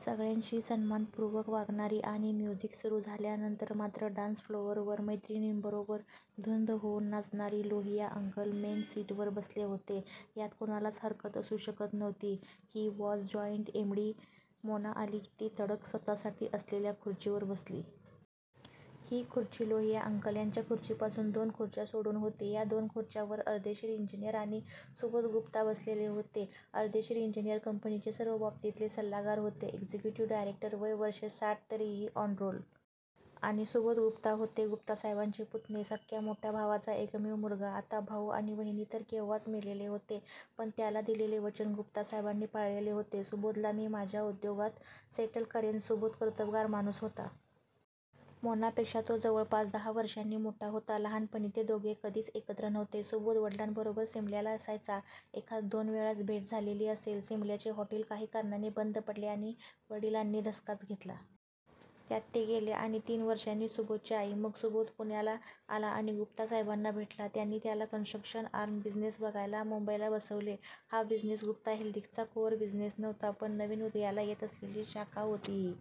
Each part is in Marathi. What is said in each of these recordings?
सगळ्यांशी सन्मानपुर्वक वागणारी आणि म्युझिक सुरू झाल्यानंतर मात्र डान्स फ्लोअरवर मैत्रिणींबरोबर धुंद होऊन नाचणारी! लोहिया अंकल मेन सीटवर बसले होते. यात कुणालाच हरकत असू शकत नव्हती. He was joint M. D.! Mona आली ती तडक स्वतःसाठी असलेल्या खुर्चीवर बसली. ही खुर्ची लोहिया अंकल यांच्या खुर्चीपासून दोन खुर्च्या सोडून होती. या दोन खुर्च्यांवर अर्देशीर इंजीनीयर आणि सुबोध गुप्ता बसलेले होते. अर्देशीर इंजीनीयर कंपनीचे सर्व बाबतीतले सल्लागार होते. Executive director! वय वर्षे साठ! तरीही ऑन रोल! आणि सुबोध गुप्ता होते गुप्तासाहेबांचे पुतणे! सख्या मोठ्या भावाचा एकमेव मुलगा! आता भाऊ आणि वहिनी तर केव्हाच मेलेले होते. पण त्याला दिलेले वचन गुप्तासाहेबांनी पाळलेले होते. सुबोधला मी माझ्या उद्योगात सेटल करेन! सुबोध कर्तबगार माणूस होता. मोनापेक्षा तो जवळपास दहा वर्षांनी मोठा होता. लहानपणी ते दोघे कधीच एकत्र नव्हते. सुबोध वडिलांबरोबर सिमल्याला असायचा! एखाद दोन वेळाच भेट झालेली असेल. सिमल्याचे हॉटेल काही कारणाने बंद पडले आणि वडिलांनी धसकाच घेतला. त्यात ते गेले आणि तीन वर्षांनी सुबोधची आई! मग सुबोध पुण्याला आला आणि गुप्तासाहेबांना भेटला. त्यांनी त्याला कन्स्ट्रक्शन आर्म बिझिनेस बघायला मुंबईला बसवले. हा बिझिनेस गुप्ता हेलिक्सचा कोअर बिझिनेस नव्हता. पण नवीन उदयाला येत असलेली शाखा होती ही!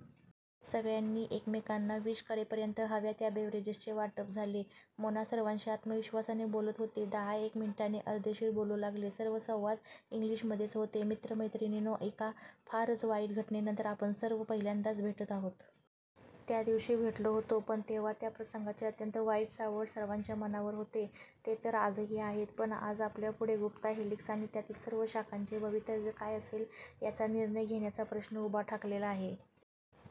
सगळ्यांनी एकमेकांना विश करेपर्यंत हव्या त्या बेव्हरेजेसचे वाटप झाले. मोना सर्वांशी आत्मविश्वासाने बोलत होती. दहा एक मिनिटांनी अर्देशीर बोलू लागले. सर्व संवाद इंग्लीशमध्येच होते. "मित्र मैत्रिणींनो, एका फारच वाईट घटनेनंतर आपण सर्व पहिल्यांदाच भेटत आहोत. त्या दिवशी भेटलो होतो, पण तेव्हा त्या प्रसंगाचे अत्यंत वाईट सावट सर्वांच्या मनावर होते. ते तर आजही आहे. पण आज आपल्यापुढे गुप्ता हेलिक्स आणि त्यातील सर्व शाखांचे भवितव्य काय असेल याचा निर्णय घेण्याचा प्रश्न उभा ठाकलेला आहे.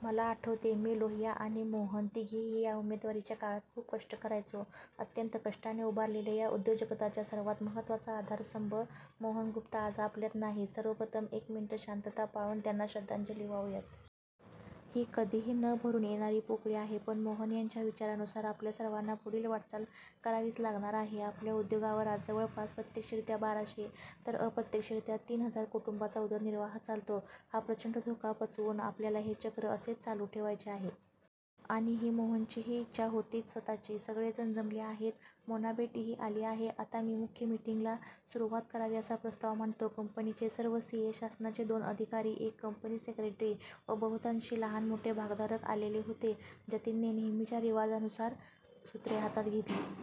मला आठवते.. मी, लोहिया आणि मोहन.. तिघेही त्या उमेदवारीच्या काळात खूप कष्ट करायचो. अत्यंत कष्टाने उभारलेल्या या उद्योगजगताचा सर्वात महत्वाचा आधारस्तंभ.. मोहन गुप्ता आज आपल्यात नाहीत. सर्वप्रथम एक मिनिट शांतता पाळून त्यांना श्रद्धांजली वाहूयात! ही कधीही न भरून येणारी पोकळी आहे. पण मोहन यांच्या विचारानुसार आपल्या सर्वांना पुढील वाटचाल करावीच लागणार आहे. आपल्या उद्योगावर आज जवळपास प्रत्यक्षरीत्या बाराशे तर अप्रत्यक्षरीत्या तीन हजार कुटुंबांचा उदरनिर्वाह चालतो. हा प्रचंड मोठा धक्का पचवून आपल्याला हे चक्र असेच चालू ठेवायचे आहे. आणि ही मोहनचीही इच्छा होतीच स्वतःची! सगळे जण जमले आहेत. मोनाबेटीही आली आहे. आता मी मुख्य मीटिंगला सुरुवात करावी असा प्रस्ताव मांडतो " कंपनीचे सर्व सी. ए., शासनाचे दोन अधिकारी, एक कंपनी सेक्रेटरी व बहुतांशी लहानमोठे भागधारक आलेले होते. जतीनने नेहमीच्या रिवाजानुसार सूत्रे हातात घेतली.